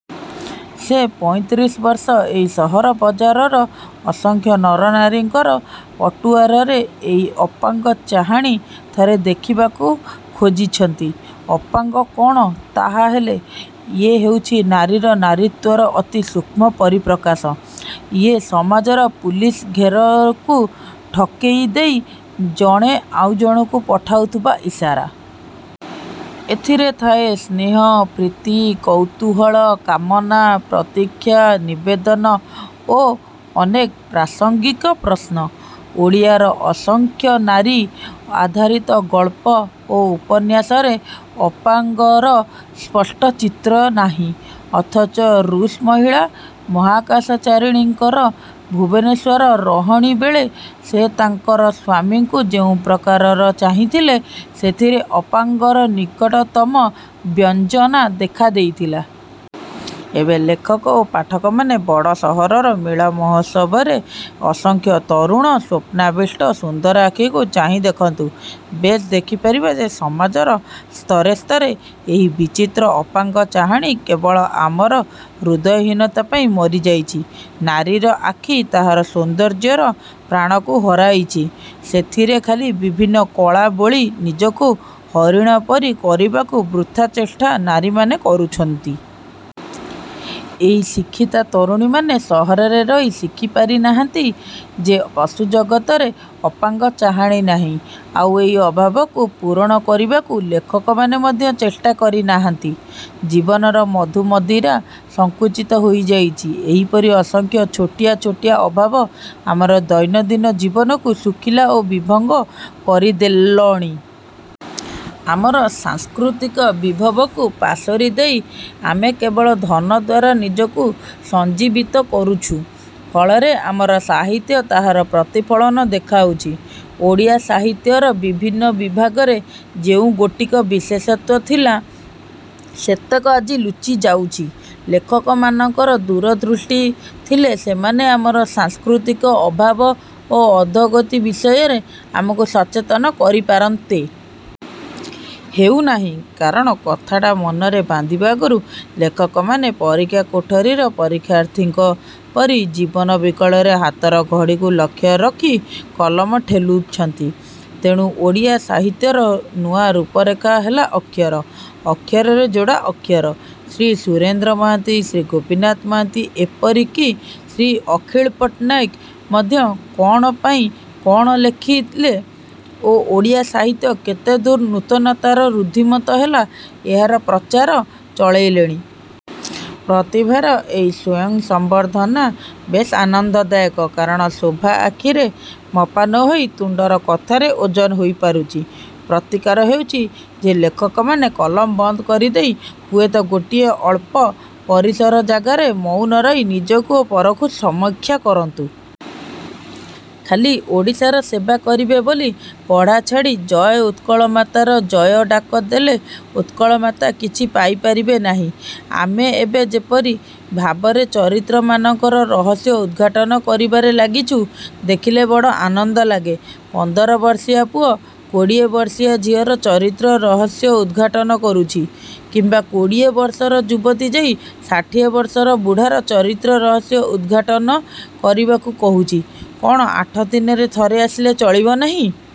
ସେ ପଇଁତିରିଶିବର୍ଷ ଏହି ସହରବଜାରର ଅସଂଖ୍ୟ ନରନାରୀଙ୍କର ପଟୁଆରରେ ଏଇ ଅପାଙ୍ଗ ଚାହାଣୀ ଥରେ ଦେଖିବାକୁ ଖୋଜିଛନ୍ତି। –ଅପାଙ୍ଗ କ'ଣ ତାହାହେଲେ? –ଇଏ ହେଉଛି ନାରୀର ନାରୀତ୍ୱର ଅତି ସୂକ୍ଷ୍ମ ପରିପ୍ରକାଶ। ଇଏ ସମାଜର ପୁଲିସ ଘେରକୁ ଠକେଇ ଦେଇ ଜଣେ ଆଉ ଜଣକୁ ପଠାଉଥିବା ଇସାରା। ଏଥିରେ ଥାଏ ସ୍ନେହ, ପ୍ରୀତି, କୌତୂହଳ, କାମନା, ପ୍ରତୀକ୍ଷା, ନିବେଦନ ଓ ଅନେକ ପ୍ରାସଙ୍ଗିକ ପ୍ରଶ୍ନ। ଓଡ଼ିଆର ଅସଂଖ୍ୟ ନାରୀ–ଆଧାରିତ ଗଳ୍ପ ଓ ଉପନ୍ୟାସରେ ଅପାଙ୍ଗର ସ୍ପଷ୍ଟ ଚିତ୍ର ନାହିଁ-। ଅଥଚ ରୁଷ ମହିଳା ମହାକାଶଚାରିଣୀଙ୍କର ଭୁବନେଶ୍ୱର ରହଣୀବେଳେ ସେ ତାଙ୍କର ସ୍ୱାମୀଙ୍କୁ ଯେଉଁ ପ୍ରକାରରେ ଚାହିଁଥିଲେ ସେଥିରେ ଅପାଙ୍ଗର ନିକଟତମ ବ୍ୟଞ୍ଜନା ଦେଖା ଦେଇଥିଲା-। ଏବେ ଲେଖକ ଓ ପାଠକମାନେ ବଡ଼ ସହରର ମେଳା ମହୋତ୍ସବରେ ଅସଂଖ୍ୟ ତରୁଣ, ସ୍ୱପ୍ନାବିଷ୍ଟ, ସୁନ୍ଦର ଆଖିକୁ ଚାହିଁ ଦେଖନ୍ତୁ। ବେଶ୍ ଦେଖି ପାରିବେ ଯେ ସମାଜର ସ୍ତରେସ୍ତରେ ଏହି ବିଚିତ୍ର ଅପାଙ୍ଗ ଚାହାଣୀ କେବଳ ଆମର ହୃଦୟହୀନତା ପାଇଁ ମରି ଯାଇଛି। ନାରୀର ଆଖି ତାହାର ସୌନ୍ଦର୍ଯ୍ୟର ପ୍ରାଣକୁ ହରାଇଛି ସେଥିରେ ଖାଲି ବିଭିନ୍ନ କଳା ବୋଳି ନିଜକୁ ହରିଣ ପରି କରିବାକୁ ବୃଥା ଚେଷ୍ଟା ନାରୀମାନେ କରୁଛନ୍ତି। ଏହି ଶିକ୍ଷିତା ତରୁଣୀମାନେ ସହରରେ ରହି ଶିଖିପାରି ନାହାନ୍ତି ଯେ ପଶୁଜଗତରେ ଅପାଙ୍ଗ ଚାହାଣୀ ନାହିଁ, ଆଉ ଏହି ଅଭାବକୁ ପୂରଣ କରିବାକୁ ଲେଖକମାନେ ମଧ୍ୟ ଚେଷ୍ଟା କରି ନାହାନ୍ତି। ଜୀବନର ମଧୁମଦିରା ସଂକୁଚିତ ହୋଇ ଯାଇଛି। ଏହିପରି ଅସଂଖ୍ୟ ଛୋଟିଆ ଛୋଟିଆ ଅଭାବ ଆମର ଦୈନନ୍ଦିନ ଜୀବନକୁ ଶୁଖିଲା ଓ ବିଭଙ୍ଗ କରିଦେଲଣି। ଆମର ସାଂସ୍କୃତିକ ବିଭବକୁ ପାଶୋରି ଦେଇ ଆମେ କେବଳ ଧନଦ୍ୱାରା ନିଜକୁ ସଞ୍ଜୀବିତ କରୁଛୁ। ଫଳରେ ଆମର ସାହିତ୍ୟ ତାହାର ପ୍ରତିଫଳନ ଦେଖାଉଛି। ଓଡ଼ିଆ ସାହିତ୍ୟର ବିଭିନ୍ନ ବିଭାଗରେ ଯେଉଁ ଗୋଟିକ ବିଶେଷତ୍ୱ ଥିଲା ସେତକ ଆଜି ଲୁଚିଯାଉଛି। ଲେଖକମାନଙ୍କର ଦୂରଦୃଷ୍ଟି ଥିଲେ ସେମାନେ ଆମର ସାଂସ୍କୃତିକ ଅଭାବ ଓ ଅଧୋଗତି ବିଷୟରେ ଆମକୁ ସଚେତନ କରିପାରନ୍ତେ। ହେଉ ନାହିଁ। କାରଣ କଥାଟା ମନରେ ବାନ୍ଧିବା ଆଗରୁ ଲେଖକମାନେ ପରୀକ୍ଷା କୋଠରୀର ପରୀକ୍ଷାର୍ଥୀଙ୍କ ପରି ଜୀବନ ବିକଳରେ ହାତର ଘଡ଼ିକୁ ଲକ୍ଷ୍ୟ ରଖି କଲମ ଠେଲୁଛନ୍ତି। ତେଣୁ ଓଡ଼ିଆ ସାହିତ୍ୟର ନୂଆ ରୂପରେଖ ହେଲା ଅକ୍ଷର। ଅକ୍ଷରରେ ଯୋଡ଼ା ଅକ୍ଷର। ଶ୍ରୀ ସୁରେନ୍ଦ୍ର ମହାନ୍ତି, ଶ୍ରୀ ଗୋପୀନାଥ ମହାନ୍ତି ଏପରି କି ଶ୍ରୀ ଅଖିଳ ପଟ୍ଟନାୟକ ମଧ୍ୟ କ'ଣ ପାଇଁ କ'ଣ ଲେଖିଲେ ଓ ଓଡ଼ିଆ ସାହିତ୍ୟ କେତେଦୂର ନୂତନତାରେ ରୁଦ୍ଧିମନ୍ତ ହେଲା–ଏହାର ପ୍ରଚାର ଚଳାଇଲେଣି। ପ୍ରତିଭାର ଏହି ସ୍ୱୟଂସମ୍ୱର୍ଦ୍ଧନା ବେଶ୍ ଆନନ୍ଦଦାୟକ। କାରଣ ଶୋଭା ଆଖିରେ ମପା ନ ହୋଇ ତୁଣ୍ତର କଥାରେ ଓଜନ ହେଇପାରୁଛି। ପ୍ରତିକାର ହେଉଛି। ଯେ ଲେଖକମାନେ କଲମ ବନ୍ଦ କରିଦେଇ ହୁଏତ ଗୋଟିଏ ଅଳ୍ପ ପରିସର ଜାଗାରେ ମୌନ ରହି ନିଜକୁ ଓ ପରକୁ ସମୀକ୍ଷା କରନ୍ତୁ। ଖାଲି ଓଡ଼ିଶାର ସେବା କରିବେ ବୋଲି ପଢ଼ା ଛାଡ଼ି ଜୟ ଉତ୍କଳମାତାର ଜୟ–ଡାକ ଦେଲେ ଉତ୍କଳମାତା କିଛି ପାଇ ପାରିବ ନାହିଁ। ଆମେ ଏବେ ଯେପରି ଭାବରେ ଚରିତ୍ର ମାନଙ୍କର ରହସ୍ୟ ଉଦ୍ଘାଟନ କରିବାରେ ଲାଗିଛୁ ଦେଖିଲେ ବଡ଼ ଆନନ୍ଦ ଲାଗେ। ପନ୍ଦର ବରଷିଆ ପୁଅ କୋଡ଼ିଏ ବରଷିଆ ଝିଅର ଚରିତ୍ରର ରହସ୍ୟ ଉଦ୍ଘାଟନ କରୁଛି କିମ୍ୱା କୋଡ଼ିଏ ବରଷର ଯୁବତୀ ଯାଇ ଷାଠିଏ ବରଷର ବୁଢ଼ାର ଚରିତ୍ର–ରହସ୍ୟ ଉଦ୍ଘାଟନ କରିବାକୁ କହୁଛି–କ'ଣ, ଆଠଦିନରେ ଥରେ ଆସିଲେ ଚଳିବ ନାହିଁ?